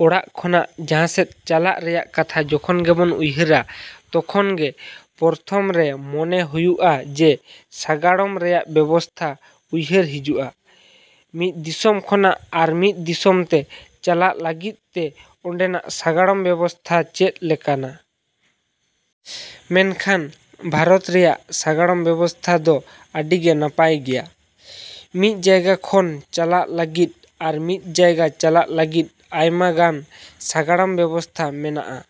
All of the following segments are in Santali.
ᱚᱲᱟᱜ ᱠᱷᱚᱱᱟᱜ ᱡᱟᱦᱟᱸ ᱥᱮᱫ ᱪᱟᱞᱟᱜ ᱨᱮᱭᱟᱜ ᱠᱟᱛᱷᱟ ᱡᱚᱠᱷᱚᱱ ᱜᱮᱵᱚᱱ ᱩᱭᱦᱟᱹᱨᱟ, ᱛᱚᱠᱷᱚᱱ ᱜᱮ ᱯᱨᱚᱛᱷᱚᱢ ᱨᱮ ᱢᱚᱱᱮ ᱦᱩᱭᱩᱜᱼᱟ ᱡᱮ ᱥᱟᱜᱟᱲᱚᱢ ᱨᱮᱭᱟᱜ ᱵᱮᱵᱚᱥᱛᱷᱟ ᱩᱭᱦᱟᱹᱨ ᱦᱤᱡᱩᱜᱼᱟ᱾ ᱢᱤᱫ ᱫᱤᱥᱚᱢ ᱠᱷᱚᱱᱟᱜ ᱟᱨ ᱢᱤᱫ ᱫᱤᱥᱚᱢ ᱛᱮ ᱪᱟᱞᱟᱜ ᱞᱟᱹᱜᱤᱫ ᱛᱮ ᱚᱸᱰᱮᱱᱟᱜ ᱥᱟᱜᱟᱲᱚᱢ ᱵᱮᱵᱚᱥᱛᱷᱟ ᱪᱮᱫ ᱞᱮᱠᱟᱱᱟ? ᱢᱮᱱᱠᱷᱟᱱ ᱵᱷᱟᱨᱚᱛ ᱨᱮᱭᱟᱜ ᱥᱟᱜᱟᱲᱚᱢ ᱵᱮᱵᱚᱥᱛᱷᱟ ᱫᱚ ᱟᱹᱰᱤ ᱜᱮ ᱱᱟᱯᱟᱭ ᱜᱮᱭᱟ᱾ ᱢᱤᱫ ᱡᱟᱭᱜᱟ ᱠᱷᱚᱱ ᱪᱟᱞᱟᱜ ᱞᱟᱹᱜᱤᱫ ᱟᱨ ᱢᱤᱫ ᱡᱟᱭᱜᱟ ᱪᱟᱞᱟᱜ ᱞᱟᱹᱜᱤᱫ ᱟᱭᱢᱟ ᱜᱟᱱ ᱥᱟᱜᱟᱲᱚᱢ ᱵᱮᱵᱚᱥᱛᱷᱟ ᱢᱮᱱᱟᱜᱼᱟ᱾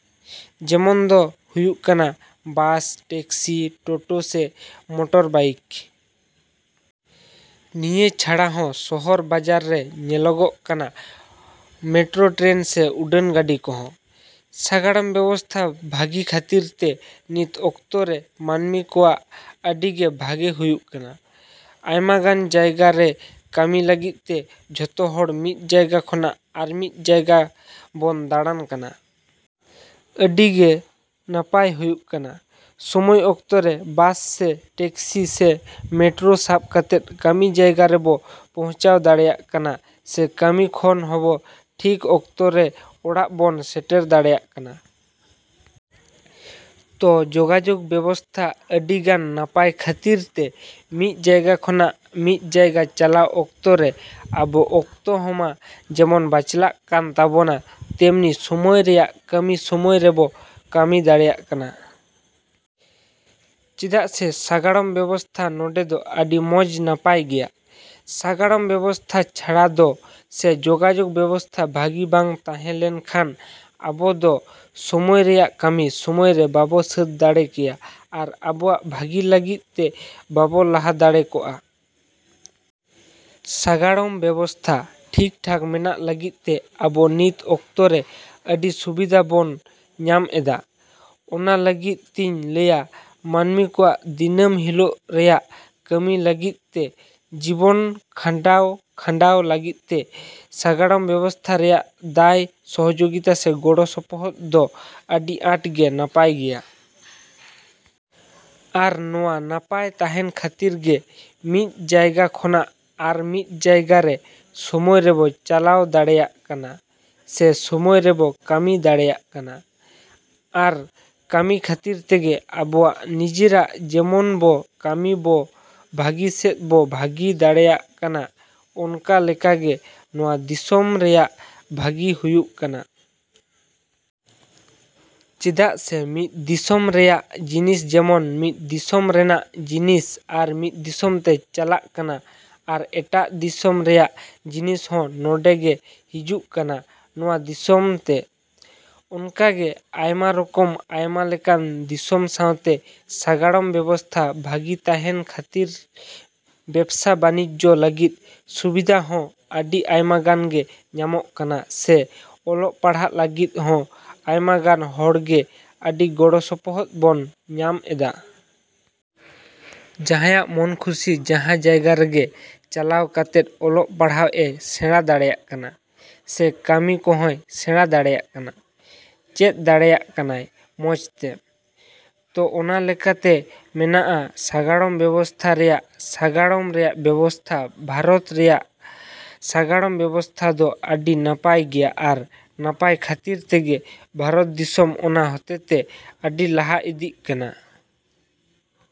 ᱡᱮᱢᱚᱱ ᱫᱚ ᱦᱩᱭᱩᱜ ᱠᱟᱱᱟ ᱵᱟᱥ, ᱴᱮᱠᱥᱤ, ᱴᱚᱴᱚ ᱥᱮ ᱢᱚᱴᱚᱨᱵᱟᱭᱤᱠ᱾ ᱱᱤᱭᱟᱹ ᱪᱷᱟᱲᱟ ᱦᱚᱸ ᱥᱚᱦᱚᱨ ᱵᱟᱡᱟᱨ ᱨᱮ ᱫᱚ ᱧᱮᱞᱚᱜᱚᱜ ᱠᱟᱱᱟ ᱢᱮᱴᱨᱚ ᱴᱨᱮᱱ ᱥᱮ ᱩᱰᱟᱹᱱ ᱜᱟᱹᱰᱤ ᱠᱚᱦᱚᱸ᱾ ᱥᱟᱜᱟᱲᱚᱢ ᱵᱮᱵᱚᱥᱛᱷᱟ ᱵᱷᱟᱹᱜᱤ ᱠᱷᱟᱹᱛᱤᱨ ᱛᱮ ᱱᱤᱛ ᱚᱠᱛᱚ ᱨᱮ ᱢᱟᱹᱱᱢᱤ ᱠᱚᱣᱟᱜ ᱟᱹᱰᱤ ᱜᱮ ᱵᱷᱟᱜᱮ ᱦᱩᱭᱩᱜ ᱠᱟᱱᱟ᱾ ᱟᱭᱢᱟ ᱜᱟᱱ ᱡᱟᱭᱜᱟ ᱨᱮ ᱠᱟᱹᱢᱤ ᱞᱟᱹᱜᱤᱫ ᱛᱮ ᱡᱷᱚᱛᱚ ᱦᱚᱲ ᱢᱤᱫ ᱡᱟᱭᱜᱟ ᱠᱷᱚᱱᱟᱜ ᱟᱨ ᱢᱤᱫ ᱡᱟᱭᱜᱟ ᱵᱚᱱ ᱫᱟᱲᱟᱱ ᱠᱟᱱᱟ᱾ ᱟᱹᱰᱤ ᱜᱮ ᱱᱟᱯᱟᱭ ᱦᱩᱭᱩᱜ ᱠᱟᱱᱟ ᱥᱚᱢᱚᱭ ᱚᱠᱛᱚ ᱨᱮ ᱵᱟᱥ ᱥᱮ ᱴᱮᱠᱥᱤ ᱥᱮ ᱢᱮᱴᱨᱚ ᱥᱟᱵ ᱠᱟᱛᱮᱫ ᱠᱟᱹᱢᱤ ᱡᱟᱭᱜᱟ ᱨᱮᱵᱚ ᱯᱚᱪᱷᱟᱣ ᱫᱟᱲᱮᱭᱟᱜ ᱠᱟᱱᱟ ᱥᱮ ᱠᱟᱹᱢᱤ ᱠᱷᱚᱱ ᱦᱚᱸ ᱵᱚ ᱴᱷᱤᱠ ᱚᱠᱛᱚ ᱨᱮ ᱚᱲᱟᱜ ᱵᱚᱱ ᱥᱮᱴᱮᱨ ᱫᱟᱲᱮᱭᱟᱜ ᱠᱟᱱᱟ᱾ ᱛᱚ ᱡᱚᱜᱟᱡᱚᱜᱽ ᱵᱮᱵᱚᱥᱛᱷᱟ ᱟᱹᱰᱤ ᱜᱟᱱ ᱱᱟᱯᱟᱭ ᱠᱷᱟᱹᱛᱤᱨ ᱛᱮ ᱢᱤᱫ ᱡᱟᱭᱜᱟ ᱠᱷᱚᱱᱟᱜ ᱢᱤᱫ ᱡᱟᱭᱜᱟ ᱪᱟᱞᱟᱣ ᱚᱠᱛᱚ ᱨᱮ ᱟᱵᱚ ᱚᱠᱛᱚ ᱦᱚᱸ ᱢᱟ ᱡᱮᱢᱚᱱ ᱵᱟᱪᱞᱟᱜ ᱠᱟᱱ ᱛᱟᱵᱚᱱᱟ ᱛᱮᱢᱱᱤ ᱥᱚᱢᱚᱭ ᱨᱮᱭᱟᱜ ᱠᱟᱹᱢᱤ ᱥᱚᱢᱚᱭ ᱨᱮᱵᱚ ᱠᱟᱹᱢᱤ ᱫᱟᱲᱮᱭᱟᱜ ᱠᱟᱱᱟ᱾ ᱪᱮᱫᱟᱜ ᱥᱮ ᱥᱟᱜᱟᱲᱚᱢ ᱵᱮᱵᱚᱥᱛᱷᱟ ᱱᱚᱰᱮ ᱫᱚ ᱟᱹᱰᱤ ᱢᱚᱸᱡᱽ ᱱᱟᱯᱟᱭ ᱜᱮᱭᱟ᱾ ᱥᱟᱜᱟᱲᱚᱢ ᱵᱮᱵᱚᱥᱛᱷᱟ ᱪᱷᱟᱲᱟ ᱫᱚ ᱥᱮ ᱡᱚᱜᱟᱡᱚᱜᱽ ᱵᱮᱵᱚᱥᱛᱷᱟ ᱵᱷᱟᱹᱜᱤ ᱵᱟᱝ ᱛᱟᱦᱮᱸ ᱞᱮᱱ ᱠᱷᱟᱱ ᱟᱵᱚ ᱫᱚ ᱥᱚᱢᱚᱭ ᱨᱮᱭᱟᱜ ᱠᱟᱹᱢᱤ ᱥᱚᱢᱚᱭ ᱨᱮ ᱵᱟᱵᱚ ᱥᱟᱹᱛ ᱫᱟᱲᱮ ᱠᱮᱭᱟ ᱟᱨ ᱟᱵᱚᱣᱟᱜ ᱵᱷᱟᱹᱜᱤ ᱞᱟᱹᱜᱤᱫ ᱛᱮ ᱵᱟᱵᱚ ᱞᱟᱦᱟ ᱫᱟᱲᱮ ᱠᱚᱜᱼᱟ᱾ ᱥᱟᱜᱟᱲᱚᱢ ᱵᱮᱵᱚᱥᱛᱷᱟ ᱴᱷᱤᱠ ᱴᱷᱟᱠ ᱢᱮᱱᱟᱜ ᱞᱟᱹᱜᱤᱫ ᱛᱮ ᱟᱹᱵᱚ ᱱᱤᱛ ᱚᱠᱛᱚ ᱨᱮ ᱟᱹᱰᱤ ᱥᱩᱵᱤᱫᱷᱟ ᱵᱚᱱ ᱧᱟᱢ ᱮᱫᱟ᱾ ᱚᱱᱟ ᱞᱟᱹᱜᱤᱫ ᱛᱤᱧ ᱞᱟᱹᱭᱟ ᱢᱟᱹᱱᱢᱤ ᱠᱚᱣᱟᱜ ᱫᱤᱱᱟᱹᱢ ᱦᱤᱞᱚᱜ ᱨᱮᱭᱟᱜ ᱠᱟᱹᱢᱤ ᱞᱟᱹᱜᱤᱫ ᱛᱮ, ᱡᱤᱵᱚᱱ ᱠᱷᱟᱴᱟᱣ ᱠᱷᱟᱸᱰᱟᱣ ᱞᱟᱹᱜᱤᱫ ᱛᱮ ᱥᱟᱜᱟᱲᱚᱢ ᱵᱮᱵᱚᱥᱛᱷᱟ ᱨᱮᱭᱟᱜ ᱫᱟᱭ, ᱥᱚᱦᱚᱡᱚᱜᱤᱛᱟ ᱥᱮ ᱜᱚᱲᱚ ᱥᱚᱯᱚᱦᱚᱫ ᱫᱚ ᱟᱹᱰᱤ ᱟᱴ ᱜᱮ ᱱᱟᱯᱟᱭ ᱜᱮᱭᱟ᱾ ᱟᱨ ᱱᱚᱶᱟ ᱱᱟᱯᱟᱭ ᱛᱟᱦᱮᱱ ᱠᱷᱟᱹᱛᱤᱨ ᱜᱮ ᱢᱤᱫ ᱡᱟᱭᱜᱟ ᱠᱷᱚᱱᱟᱜ ᱟᱨ ᱢᱤᱫ ᱡᱟᱭᱜᱟ ᱨᱮ ᱥᱚᱢᱚᱭ ᱨᱮᱵᱚ ᱪᱟᱞᱟᱣ ᱫᱟᱲᱮᱭᱟᱜ ᱠᱟᱱᱟ ᱥᱮ ᱥᱚᱢᱚᱭ ᱨᱮᱵᱚ ᱠᱟᱹᱢᱤ ᱫᱟᱲᱮᱭᱟᱜ ᱠᱟᱱᱟ᱾ ᱟᱨ ᱠᱟᱹᱢᱤ ᱠᱷᱟᱹᱛᱤᱨ ᱛᱮᱜᱮ ᱟᱵᱚᱣᱟᱜ ᱱᱤᱡᱮᱨᱟᱜ ᱡᱮᱢᱚᱱ ᱵᱚ ᱠᱟᱹᱢᱤ ᱵᱚ ᱵᱷᱟᱹᱜᱤ ᱥᱮᱫ ᱵᱚ ᱵᱷᱟᱹᱜᱤ ᱫᱟᱲᱮᱭᱟᱜ ᱠᱟᱱᱟ, ᱚᱱᱠᱟ ᱞᱮᱠᱟ ᱜᱮ ᱱᱚᱶᱟ ᱫᱤᱥᱚᱢ ᱨᱮᱭᱟᱜ ᱵᱷᱟᱹᱜᱤ ᱦᱩᱭᱩᱜ ᱠᱟᱱᱟ᱾ ᱪᱮᱫᱟᱜ ᱥᱮ ᱢᱤᱫ ᱫᱤᱥᱚᱢ ᱨᱮᱭᱟᱜ ᱡᱤᱱᱤᱥ ᱡᱮᱢᱚᱱ ᱢᱤᱫ ᱫᱤᱥᱚᱢ ᱨᱮᱱᱟᱜ ᱡᱤᱱᱤᱥ ᱟᱨ ᱢᱤᱫ ᱫᱤᱥᱚᱢ ᱛᱮ ᱪᱟᱞᱟᱜ ᱠᱟᱱᱟ ᱟᱨ ᱮᱴᱟᱜ ᱫᱤᱥᱚᱢ ᱨᱮᱭᱟᱜ ᱡᱤᱱᱤᱥ ᱦᱚᱸ ᱱᱚᱰᱮ ᱜᱮ ᱦᱤᱡᱩᱜ ᱠᱟᱱᱟ ᱱᱚᱶᱟ ᱫᱤᱥᱚᱢ ᱛᱮ᱾ ᱚᱱᱠᱟ ᱜᱮ ᱟᱭᱢᱟ ᱨᱚᱠᱚᱢ, ᱟᱭᱢᱟ ᱞᱮᱠᱟᱱ ᱫᱤᱥᱚᱢ ᱥᱟᱶᱛᱮ ᱥᱟᱜᱟᱲᱚᱢ ᱵᱮᱵᱚᱥᱛᱷᱟ ᱵᱷᱟᱹᱜᱤ ᱛᱟᱦᱮᱱ ᱠᱷᱟᱹᱛᱤᱨ ᱵᱮᱵᱽᱥᱟ ᱵᱟᱹᱱᱤᱡᱡᱚ ᱞᱟᱹᱜᱤᱫ ᱥᱩᱵᱤᱫᱷᱟ ᱦᱚᱸ ᱟᱹᱰᱤ ᱟᱭᱢᱟ ᱜᱟᱱ ᱜᱮ ᱧᱟᱢᱚᱜ ᱠᱟᱱᱟ ᱥᱮ ᱚᱞᱚᱜ ᱯᱟᱲᱦᱟᱜ ᱞᱟᱹᱜᱤᱫ ᱦᱚᱸ ᱟᱭᱢᱟ ᱜᱟᱱ ᱦᱚᱲ ᱜᱮ ᱟᱹᱰᱤ ᱜᱚᱲᱚ ᱥᱚᱯᱚᱦᱚᱫ ᱵᱚᱱ ᱧᱟᱢ ᱮᱫᱟ᱾ ᱡᱟᱦᱟᱸᱭᱟᱜ ᱢᱚᱱ ᱠᱷᱩᱥᱤ ᱡᱟᱦᱟᱸ ᱡᱟᱭᱜᱟ ᱨᱮᱜᱮ ᱪᱟᱞᱟᱣ ᱠᱟᱛᱮᱫ ᱚᱞᱚᱜ ᱯᱟᱲᱦᱟᱣ ᱮ ᱥᱮᱬᱟ ᱫᱟᱲᱮᱭᱟᱜ ᱠᱟᱱᱟ ᱥᱮ ᱠᱟᱹᱢᱤ ᱠᱚᱦᱚᱸᱭ ᱥᱮᱬᱟ ᱫᱟᱲᱮᱭᱟᱜ ᱠᱟᱱᱟ, ᱪᱮᱫ ᱫᱟᱲᱮᱭᱟᱜ ᱠᱟᱱᱟᱭ ᱢᱚᱸᱡᱽ ᱛᱮ᱾ ᱛᱚ ᱚᱱᱟ ᱞᱮᱠᱟ ᱛᱮ ᱢᱮᱱᱟᱜᱼᱟ ᱥᱟᱜᱟᱲᱚᱢ ᱵᱮᱵᱚᱥᱛᱷᱟ ᱨᱮᱭᱟᱜ ᱥᱟᱜᱟᱲᱚᱢ ᱨᱮᱭᱟᱜ ᱵᱮᱵᱚᱥᱛᱷᱟ ᱵᱷᱟᱨᱚᱛ ᱨᱮᱭᱟᱜ ᱥᱟᱜᱟᱲᱚᱢ ᱵᱮᱵᱚᱥᱛᱷᱟ ᱫᱚ ᱟᱹᱰᱤ ᱱᱟᱯᱟᱭ ᱜᱮᱭᱟ ᱟᱨ ᱱᱟᱯᱟᱭ ᱠᱷᱟᱹᱛᱤᱨ ᱛᱮᱜᱮ ᱵᱷᱟᱨᱚᱛ ᱫᱤᱥᱚᱢ ᱚᱱᱟ ᱦᱚᱛᱮᱛᱮ ᱟᱹᱰᱤ ᱞᱟᱦᱟ ᱤᱫᱤᱜ ᱠᱟᱱᱟ᱾